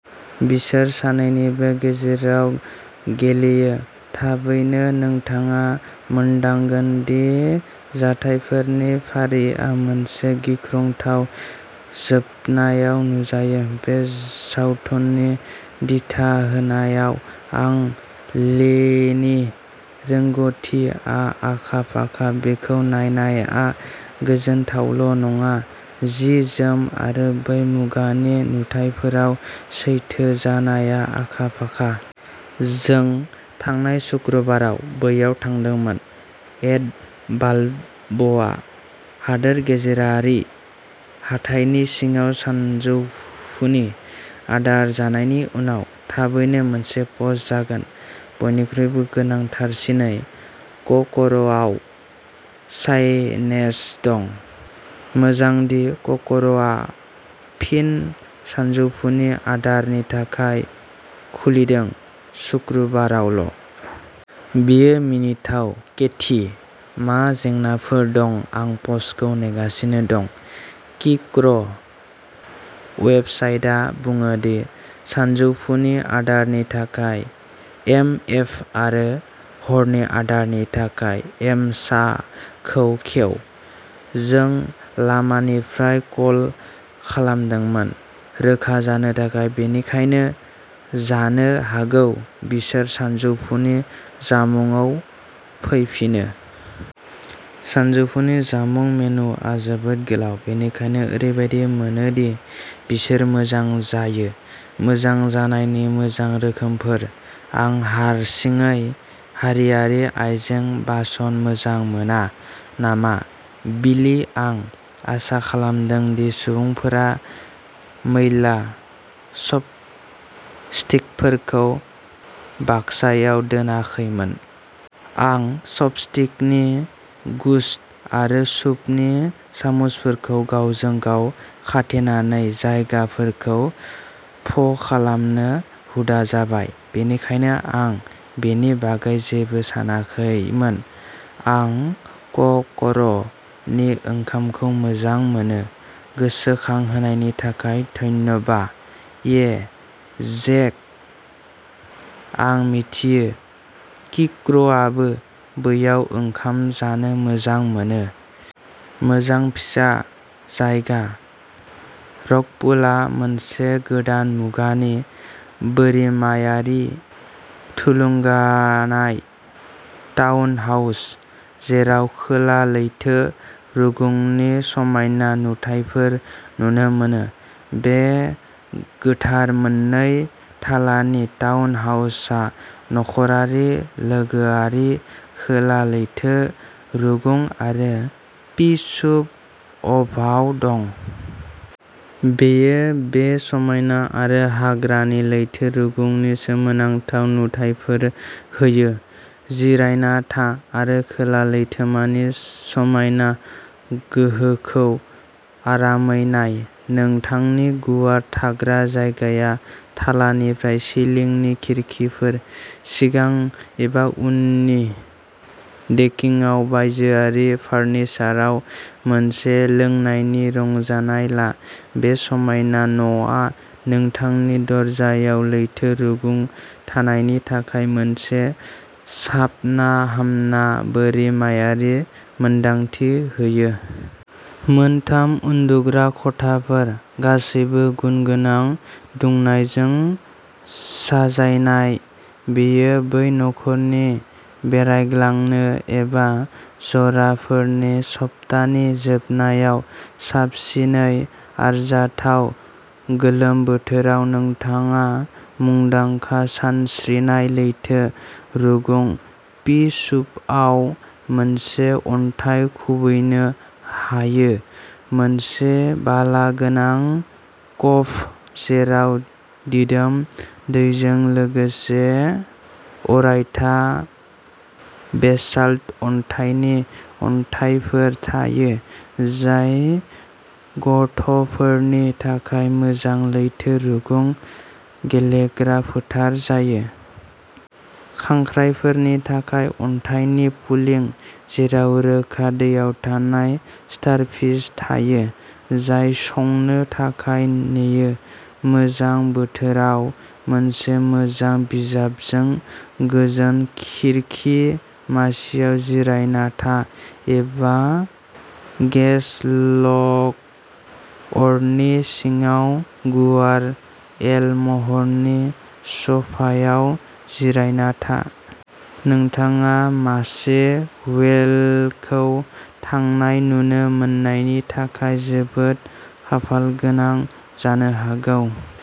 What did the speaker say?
बिसोर सानैनिबो गेजेराव गेलेयो। थाबैनो, नोंथाङा मोनदांगोन दि जाथायफोरनि फारिया मोनसे गिख्रंथाव जोबनायाव नुजायो। बे सावथुननि दिथा होनायाव आं लीनि रोंग'थिआ आखा फाखा बेखौ नायनाया गोजोनथावल' नङा जि जोम आरो बै मुगानि नुथायफोराव सैथो जानाया आखा-फाखा। जों थांनाय सुक्रुबाराव बैयाव थांदोंमोन एड बालब'आ हादोर गेजेरारि हाथाइनि सिङाव सानजौफुनि आदार जानायनि उनाव। थाबैनो मोनसे पस्ट जागोन। बयनिख्रुइबो गोनांथारसिनै क'कर'आव साइनेज दं! मोजां दि क'कर'आ फिन सानजौफुनि आदारनि थाखाय खुलिदों शुक्रबारावल'। बेयो मिनिथाव, केथी। मा जेंनाफोर दं आं पस्टखौ नेगासिनो दं। किर्क, वेबसाइटआ बुङो दि सानजौफुनि आदारनि थाखाय एम एफ आरो हरनि आदारनि थाखाय एमसाखौ खेव। जों लामानिफ्राय कल खालामदोंमोन रोखा जानो थाखाय। बेनिखायनो जानो हागौ बिसोर सानजौफुनि जामुंआव फैफिनो। सानजौफुनि जामुंनि मेन्युआ जोबोद गोलाव, बेनिखायनो ओरैबादि मोनो दि बिसोर मोजां जायो। मोजां जानायनि मोजां रोखोमफोर। आं हारसिङै हारियारि आयजें-बासन मोजां मोना नामा बिलि आं आसा खालामो दि सुबुंफोरा मैला चपस्टिकफोरखौ बाक्सायाव दोनाखैमोन। आं चापस्टिकनि गुच्छ आरो सुपनि सामुसफोरखौ गावजों गाव खाथेनानै जायगाफोरखौ फ'खालामनो हुदा जाबाय बेनिखायनो आं बेनि बागै जेबो सानाखैमोन। आं क'कर'नि ओंखामखौ मोजां मोनो! गोसोखांहोनायनि थाखाय धन्यबा ये जेक आं मिथियो किर्कआबो बैयाव ओंखाम जानो मोजां मोनो। मोजां फिसा जायगा। रकपुलआ मोनसे गोदान मुगानि बोरिमायारि थुलुंगानाय टाउनहाउस, जेराव खोला लैथो रुगुंनि समायना नुथायफोर नुनो मोनो। बे गोथार मोननै थालानि टाउनहाउसा नखरारि लोगोआरि खोला लैथो रुगुं आरो पी सुप कभआव दं। बेयो बे समायना आरो हाग्रानि लैथो रुगुंनि सोमोनांथाव नुथायफोर होयो। जिरायना था आरो खोला लैथोमानि समायना गोहोखौ आरामै नाय। नोंथांनि गुवार थाग्रा जायगाया थालानिफ्राय सिलिंनि खिरखिफोर। सिगां एबा उननि देकिंआव बायजोआरि फार्निचाराव मोनसे लोंनायनि रंजानाय ला बे समायना न'आ नोंथांनि दरजायाव लैथो रुगुं थानायनि थाखाय मोनसे साबना-हामना बोरिमायारि मोनदांथि होयो। मोन थाम उन्दुग्रा खथाफोर गासैबो गुनगोनां दुंनायजों साजायजानाय, बेयो बै नखरनि बेरायग्लांनो एबा जराफोरनि सप्तानि जोबनायाव साबसिनै आरजाथाव। गोलोम बोथोराव नोंथाङा मुंदांखा सानस्रिनाय लैथो रुगुं पि सूपआव मोनसे अन्थाइ खुबैनो हायो मोनसे बालागोनां क'भ जेराव दिदोम दैजों लोगोसे अरायथा बेसाल्ट अन्थाइनि अन्थाइफोर थायो जाय गथ'फोरनि थाखाय मोजां लैथो रुगुं गेलेग्रा फोथार जायो। खांख्रायफोरनि थाखाय अन्थाइनि पुलिं जेराव रोखा दैयाव थानाय स्टारफिश थायो, जाय संनो थाखाय नेयो। गोजां बोथोराव, मोनसे मोजां बिजाबजों गोजोन खिरखि मासिआव जिरायना था एबा गेस लग अरनि सिङाव गुवार एल महरनि स'फायाव जिरायना था। नोंथाङा मासे व्हेलखौ थांनाय नुनो मोन्नायनि थाखाय जोबोद खाफालगोनां जानो हागौ।